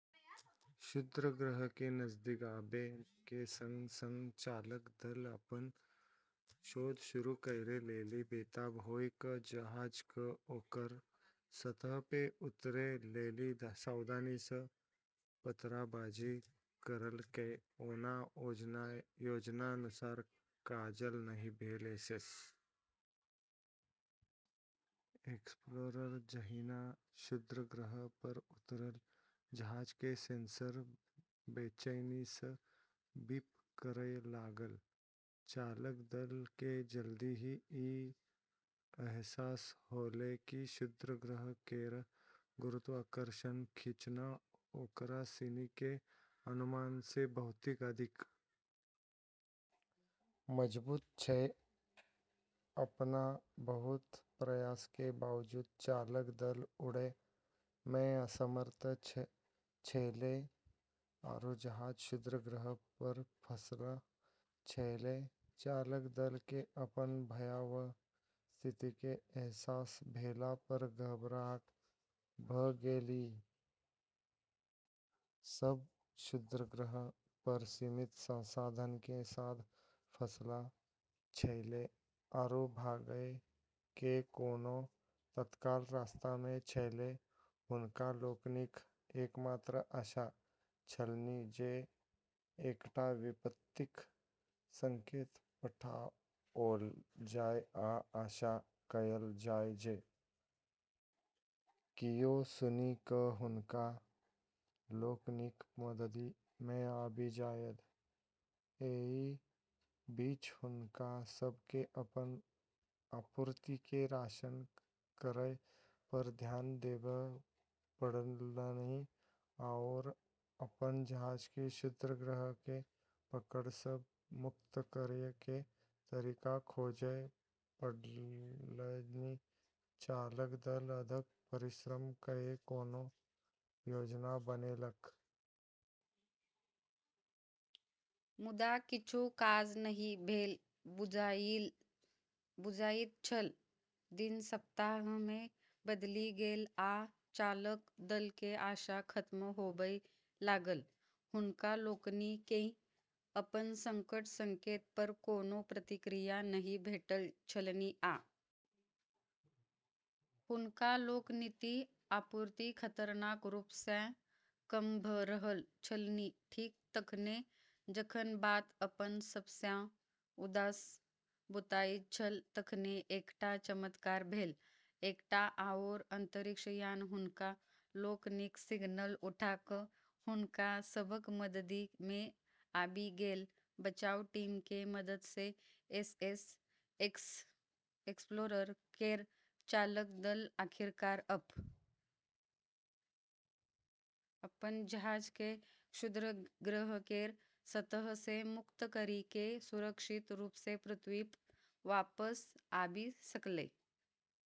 क्षुद्रग्रह के नजदीक आबै के संग-संग चालक दल अपनऽ शोध शुरू करै लेली बेताब होय क जहाज क ओकरऽ सतह पे उतरै लेली सावधानी स पैंतराबाजी करलकै, ओना योजनानुसार काज नहि भेल, एसएस एक्सप्लोरर जहिना क्षुद्रग्रह पर उतरल, जहाज के सेंसर बेचैनी सं बीप करय लागल, चालक दल के जल्दी ही ई अहसास होलै कि क्षुद्रग्रह केरऽ गुरुत्वाकर्षण खींचना ओकरा सिनी के अनुमान से बहुत अधिक मजबूत छै, अपनऽ बहुत प्रयास के बावजूद चालक दल उड़ै में असमर्थ छेलै आरू जहाज क्षुद्रग्रह पर फंसलऽ छेलै, चालक दल के अपन भयावह स्थिति के अहसास भेला पर घबराहट भ गेल, ई सब क्षुद्रग्रह पर सीमित संसाधन के साथ फंसलऽ छेलै आरू भागै के कोनो तत्काल रास्ता नै छेलै, हुनका लोकनिक एकमात्र आशा छलनि जे एकटा विपत्तिक संकेत पठाओल जाय आ आशा कयल जाय जे कियो सुनि क हुनका लोकनिक मददि मे आबि जायत, एहि बीच हुनका सब के अपन आपूर्ति के राशन करय पर ध्यान देबय पड़लन्हि आओर अपन जहाज के क्षुद्रग्रह के पकड़ सं मुक्त करय के तरीका खोजय पड़लन्हि, चालक दल अथक परिश्रम कए कोनो योजना बनेलक। मुदा किछु काज नहि भेल बुझाइत छल, दिन सप्ताह मे बदलि गेल आ चालक दल के आशा खत्म होबय लागल, हुनका लोकनि केँ अपन संकट संकेत पर कोनो प्रतिक्रिया नहि भेटल छलनि आ हुनका लोकनिक आपूर्ति खतरनाक रूप सँ कम भ रहल छलनि, ठीक तखने जखन बात अपन सबसँ उदास बुझाइत छल तखने एकटा चमत्कार भेल, एकटा आओर अंतरिक्ष यान हुनका लोकनिक सिग्नल उठा क' हुनका सभक मददि मे आबि गेल, बचाव टीम के मदद से एसएस एक्सप्लोरर केरऽ चालक दल आखिरकार अपनऽ जहाज के क्षुद्रग्रह केरऽ सतह से मुक्त करी के सुरक्षित रूप से पृथ्वी प वापस आबी सकलै।